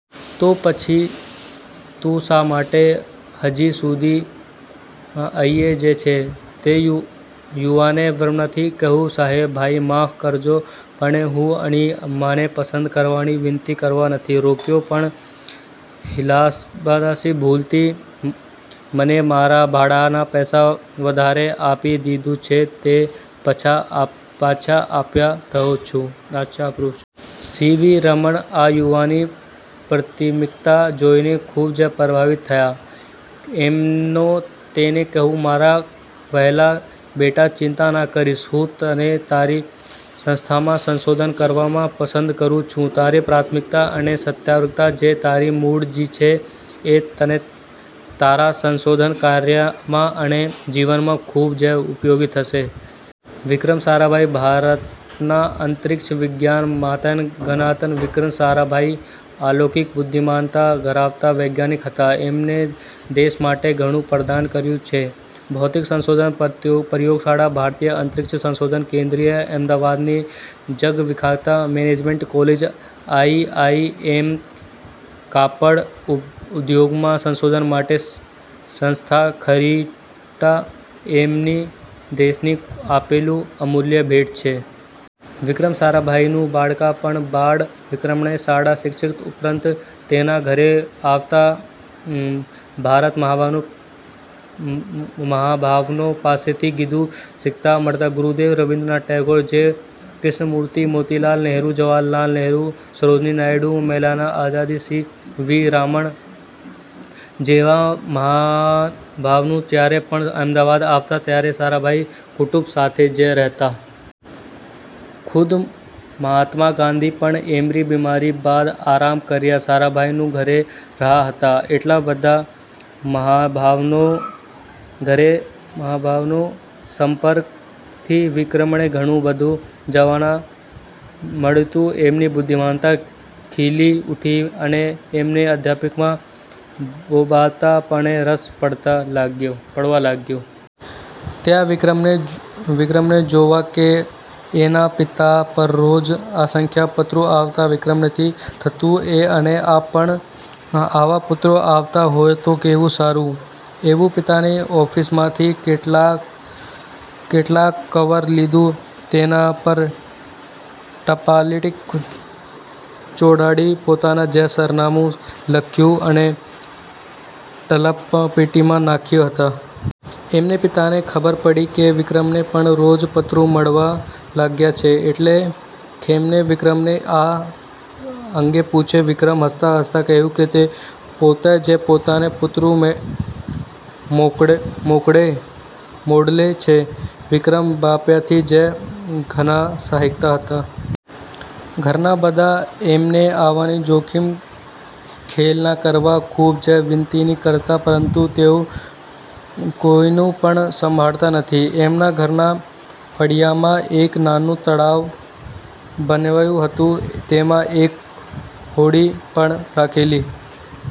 તો પછી તું શા માટે હજી સુધી અહીં જ છે? " તે યુવાને વિનમ્રતાથી કહ્યું, "સાહેબ, માફ કરજો પણ હું અહીં મને પસંદ કરવાની વિનંતી કરવા નથી રોકાયો. પણ હિસાબનીશે ભૂલથી મને મારા ભાડાના પૈસા વધારે આપી દીધા છે તે પાછા આપવા રહ્યો છું. " સી. વી. રામન આ યુવાનની પ્રામાણિકતા જોઈને ખુબ જ પ્રભાવિત થયા. એમણે તેને કહ્યું, "મારા વહાલા બેટા, ચિંતા ન કરીશ. હું તને મારી સંસ્થામાં સંશોધન કરવા પસંદ કરું છું. તારી પ્રામાણિકતા અને સત્યવ્રતા જ તારી મૂડી છે જે તને તારા સંશોધન કાર્યમાં અને જીવનમાં ખુબ જ ઉપયોગી થશે. " વિક્રમ સારાભાઈ ભારતના અંતરિક્ષ વિજ્ઞાનના પિતામહ ગણાતા વિક્રમ સારાભાઈ અલૌકિક બુદ્ધિમતા ધરાવતા વૈજ્ઞાનિક હતા. એમણે દેશ માટે ઘણું પ્રદાન કર્યું છે – ભૌતિક અનુસંધાન પ્રયોગશાળા, ભારતીય અંતરિક્ષ સંશોધન કેન્દ્ર, અમદાવાદની જગ વિખ્યાત મેનેજમેન્ટ કોલેજ આઈઆઈ એમ, કાપડ ઉદ્યોગમાં સંશોધન માટેની સંસ્થા અટીરા એમની દેશને આપેલ અમૂલ્ય ભેટ છે. વિક્રમ સારાભાઈનું બાળપણ બાળ વિક્રમને શાળાના શિક્ષણ ઉપરાંત તેના ઘરે આવતા ભારતના મહાનુભાવો પાસેથી ઘણું શીખવા મળતું. ગુરુદેવ Rabindranath Tagore, J. Krishnamurti, Motilal Nehru, Jawaharlal Nehru, Sarojini Naidu, Maulana Azad, C V Raman જેવા મહાનુભાવો જયારે પણ અમદાવાદ આવતા ત્યારે સારાભાઈ કુટુંબ સાથે જ રહેતા. ખુદ મહાત્મા ગાંધી પણ એમની બીમારી બાદ આરામ કરવા સારાભાઈના ઘરે રહ્યા હતા. આટલા બધા મહાનુભાવોના સંપર્કથી વિક્રમને ઘણું બધું જાણવા મળતું. એમની બુદ્ધિમતા ખીલી ઉઠી અને એમને આધ્યાત્મિક બાબતોમાં પણ રસ પડવા લાગ્યો. ત્યાં વિક્રમે જોયું કે એના પિતા પર રોજ અસંખ્ય પત્રો આવતા. વિક્રમને થયું કે એના પર પણ આવા પત્રો આવતા હોય તો કેવું સારું? એણે પિતાની ઓફિસમાંથી કેટલાક કવર લીધા, તેના પર ટપાલટીકીટ ચોંટાડી, પોતાનું જ સરનામું લખ્યું અને ટપાલપેટીમાં નાંખી આવ્યા. એમના પિતાને ખબર પડી કે વિક્રમને પણ રોજ પત્રો મળવા લાગ્યા છે એટલે એમણે વિક્રમને તે અંગે પૂછ્યું. વિક્રમે હસતાં હસતાં કહ્યું કે તે પોતે જ પોતાને પત્રો મોકલે છે. વિક્રમ બાળપણથી જ ઘણા સાહસિક હતા. ઘરના બધા એમને આવા જોખમી ખેલ ન કરવા ખુબ જ વિનંતી કરતા પરંતુ તેઓ કોઈનું પણ સાંભળતા નહિ. એમના ઘરના ફળિયામાં એક નાનું તળાવ બનાવ્યું હતું. તેમાં એક હોડી પણ રાખેલી.